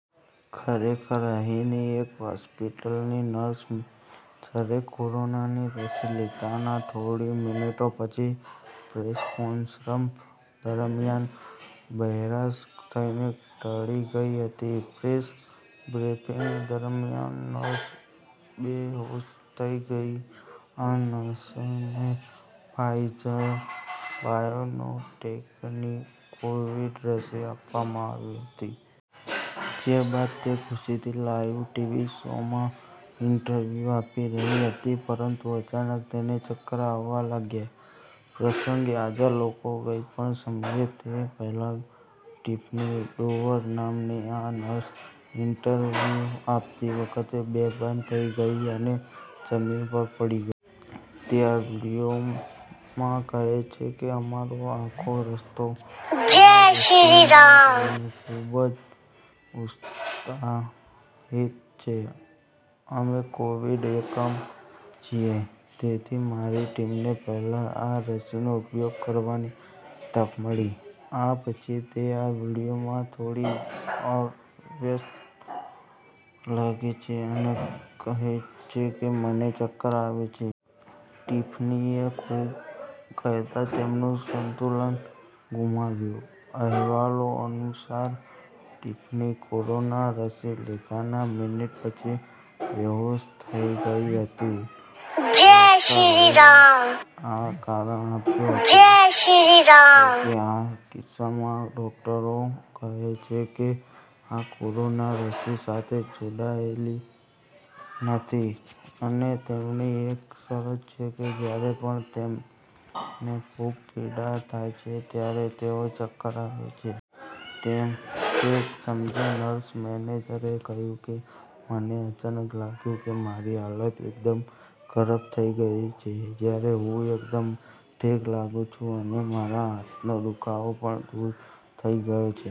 ખરેખર, અહીંની એક હોસ્પિટલની નર્સ મેનેજરે કોરોનાની રસી લીધાના થોડી મિનિટો પછી પ્રેસ કોન્ફરન્સ દરમિયાન બેહોશ થઈને ઢળી ગઈ હતી. પ્રેસ બ્રીફિંગ દરમિયાન નર્સ બેહોશ થઈ ગઈ આ નર્સને ફાઇઝર બાયોનોટેકની કોવિડ રસી આપવામાં આવી હતી. જે બાદ તે ખુશીથી લાઇવ ટીવી શોમાં ઇન્ટરવ્યુ આપી રહી હતી. પરંતુ અચાનક તેને ચક્કર આવવા લાગ્યાં. પ્રસંગે હાજર લોકો કંઈપણ સમજે તે પહેલાં, ટિફની ડોવર નામની આ નર્સ ઇન્ટરવ્યૂ આપતી વખતે બેભાન થઈ ગઈ અને જમીન પર પડી ગઈ. તે આ વીડિયોમાં કહે છે કે અમારો આખો રસ્તો આ રસીને લઈને ખૂબ જ ઉત્સાહિત છે. અમે કોવિડ એકમ છીએ, તેથી મારી ટીમને પહેલાં આ રસીનો ઉપયોગ કરવાની તક મળી. આ પછી, તે આ વિડિઓમાં થોડી અસ્વસ્થ લાગે છે અને કહે છે કે મને ચક્કર આવે છે. ટિફનીએ ખૂબ કહેતા તેમનું સંતુલન ગુમાવ્યું. અહેવાલો અનુસાર, ટિફની કોરોના રસી લીધાના મિનિટ પછી બેહોશ થઈ ગઈ હતી. ડોક્ટરોએ આ કારણ આપ્યું હતું જોકે, આ કિસ્સામાં, ડોકટરો કહે છે કે, આ કોરોના રસી સાથે જોડાયેલી નથી અને તેમની એક શરત છે કે જ્યારે પણ તેમને ખૂબ પીડા થાય છે, ત્યારે તેઓ ચક્કર આવે છે. તે જ સમયે નર્સ મેનેજરે કહ્યું કે, મને અચાનક લાગ્યું કે મારી હાલત એકદમ ખરાબ થઈ ગઈ છે જ્યારે હું એકદમ ઠીક લાગું છું અને મારા હાથનો દુખાવો પણ દૂર થઈ ગયો છે.